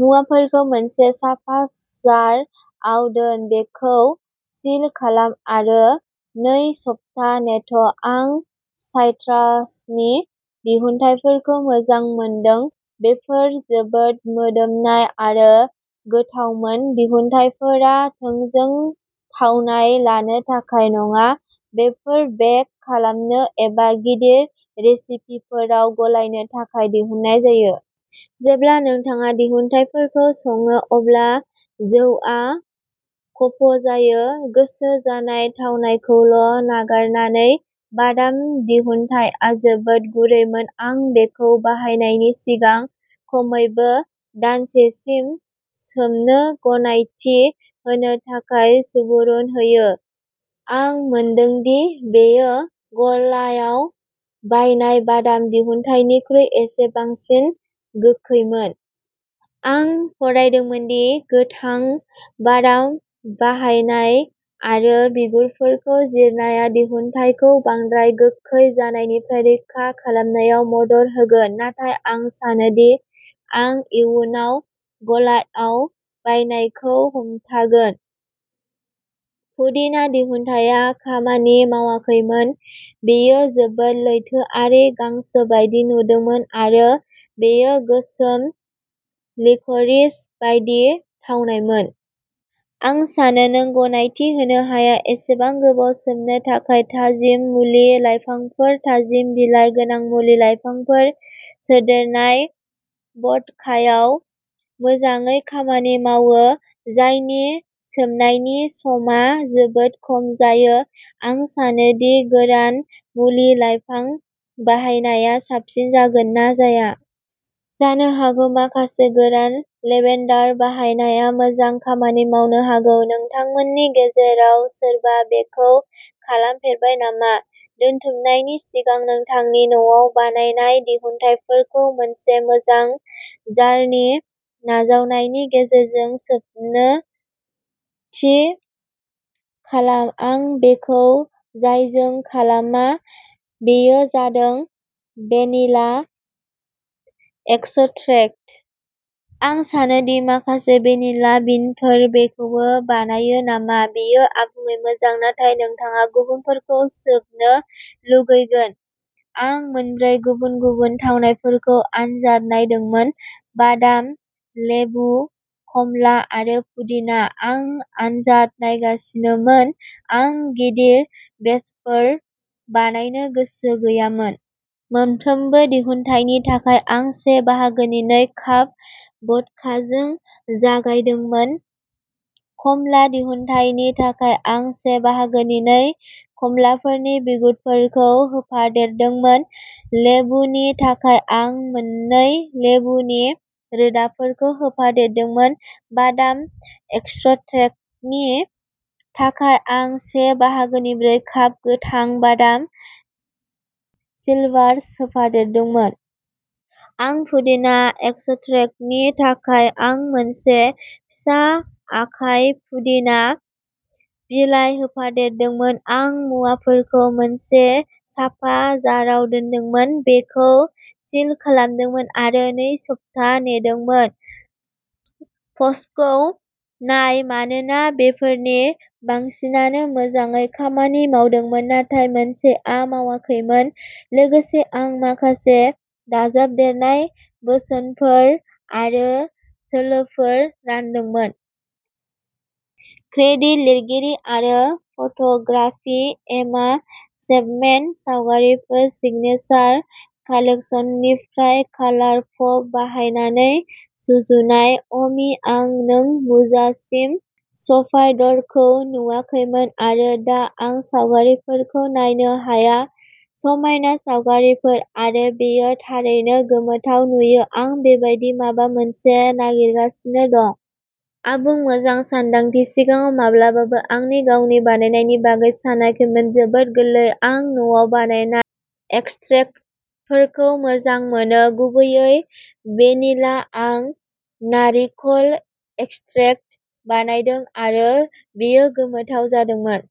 मुवाफोरखौ मोनसे साफा जार आव दोन, बेखौ सिल खालाम, आरो नै सप्ता नेथ' आं साइट्रासनि दिहुनथायफोरखौ मोजां मोनदों बेफोर जोबोद मोदोमनाय आरो गोथावमोन। दिहुनथायफोरा थोंजों थावनाय लानो थाखाय नङा बेफोर बेक खालामनो एबा गिदिर रेसिपिफोराव गलायनो थाखाय दिहुननाय जायो। जेब्ला नोंथाङा दिहुनथायफोरखौ सङो अब्ला जौआ खफ'जायो गोसो जानाय थावनायखौल' नागारनानै। बादाम दिहुनथाया जोबोद गुरैमोन। आं बेखौ बाहायनायनि सिगां खमैबो दानसेसिम सोमनो गनायथि होनो थाखाय सुबुरुन होयो। आं मोनदों दि बेयो गलायाव बायनाय बादाम दिहुनथायनिख्रुइ एसे बांसिन गोखैमोन। आं फरायदोंमोन दि गोथां बादाम बाहायनाय आरो बिगुरफोरखौ जिरनाया दिहुनथायखौ बांद्राय गोखै जानायनिफ्राय रैखा खालामनायाव मदद होगोन। नाथाय आं सानो दि आं इयुनाव गलायाव बायनायखौ हमथागोन। पुदिना दिहुनथाया खामानि मावाखैमोन बेयो जोबोद लैथोआरि गांसो बायदि नुदोंमोन आरो बेयो गोसोम लिक'रिस बायदि थावनायमोन। आं सानो नों गनायथि होनो हाया। एसेबां गोबाव सोमनो थाखाय थाजिम मुलि लाइफांफोर थाजिम, बिलाइ गोनां मुलि लाइफांफोर सोदेरनाय भद्कायाव मोजाङै खामानि मावो जायनि सोमनायनि समा जोबोद खम जायो। आं सानो दि गोरान मुलि लाइफां बाहायनाया साबसिन जागोन ना जाया। जानो हागौ माखासे गोरान लेभेन्डार बाहायनाया मोजां खामानि मावनो हागौ। नोंथांमोननि गेजेराव सोरबा बेखौ खालामफेरबाय नामा? दोनथुमनायनि सिगां नोंथांनि न'आव बानायनाय दिहुनथायफोरखौ मोनसे मोजां जारनि नाजावनायनि गेजेरजों सोबनो थि खालाम। आं बेखौ जायजों खालामा बेयो जादों भेनिला एक्स'ट्रेक्ट। आं सान्दों दि माखासे भेनिला बिनफोर बेखौबो बानायो नामा बेयो आबुङै मोजां। नाथाय नोंथाङा गुबुनफोरखौ सोबनो लुबैगोन। आं मोनब्रै गुबुन गुबुन थावनायफोरखौ आनजाद नायदोंमोन बादाम, लेबु, खमला आरो पुदिना। आं आनजाद नायगासिनोमोन, आं गिदिर बेचफोर बानायनो गोसो गैयामोन। मोनफ्रोम दिहुनथायनि थाखाय आं से बाहागोनि नै काप भडकाजों जागायदोंमोन। खमला दिहुनथायनि थाखाय आं से बाहागोनि नै खमलाफोरनि बिगुरफोरखौ होफादेरदोंमोन। लेबुनि थाखाय आं मोननै लेबुनि रोदाफोरखौ होफादेरदोंमोन। बादाम एक्सट्रेक्टनि थाखाय, आं से बाहागोनि ब्रै काप गोथां बादाम स्लिभार्स सोफादेरदोंमोन। आरो पुदिना एक्सट्रेक्टनि थाखाय आं मोनसे फिसा आखाइ पुदिना बिलाइ होफादेरदोंमोन। आं मुवाफोरखौ मोनसे साफा जाराव दोनदोंमोन, बेखौ सिल खालामदोंमोन, आरो नै सप्ता नेदोंमोन। प'स्टखौ नाय मानोना बेफोरनि बांसिनानो मोजाङै खामानि मावदोंमोन नाथाय मोनसेआ मावाखैमोन लोगोसे आं माखासे दाजाबदेरनाय बोसोनफोर आरो सोलोफोर रानदोंमोन। क्रेडिट लिरगिरि आरो फट'ग्राफि एमा चेपमेन। सावगारिफोरा सिगनेचार कालेक्सननिफ्राय कालार पप बाहायनानै सुजुनाय। अ'मि आं नों बुंजासिम स्पाइडरखौ नुवाखैमोन आरो दा आं सावगारिफोरखौ नायनो हाया। समायना सावगारिफोर आरो बेयो थारैनो गोमोथाव नुयो आं बेबादि माबा मोनसे नागिरगासिनो दं। आबुं मोजां सानदांथि। सिगाङाव माब्लाबाबो आंनि गावनि बानायनायनि बागै सानाखैमोन जोबोद गोरलै। आं न'आव बानायनाय एक्सट्रेक्टफोरखौ मोजां मोनो, गुबैयै भेनिला आं नारिखल एक्सट्रेक्ट बानायदों आरो बेयो गोमोथाव जादोंमोन।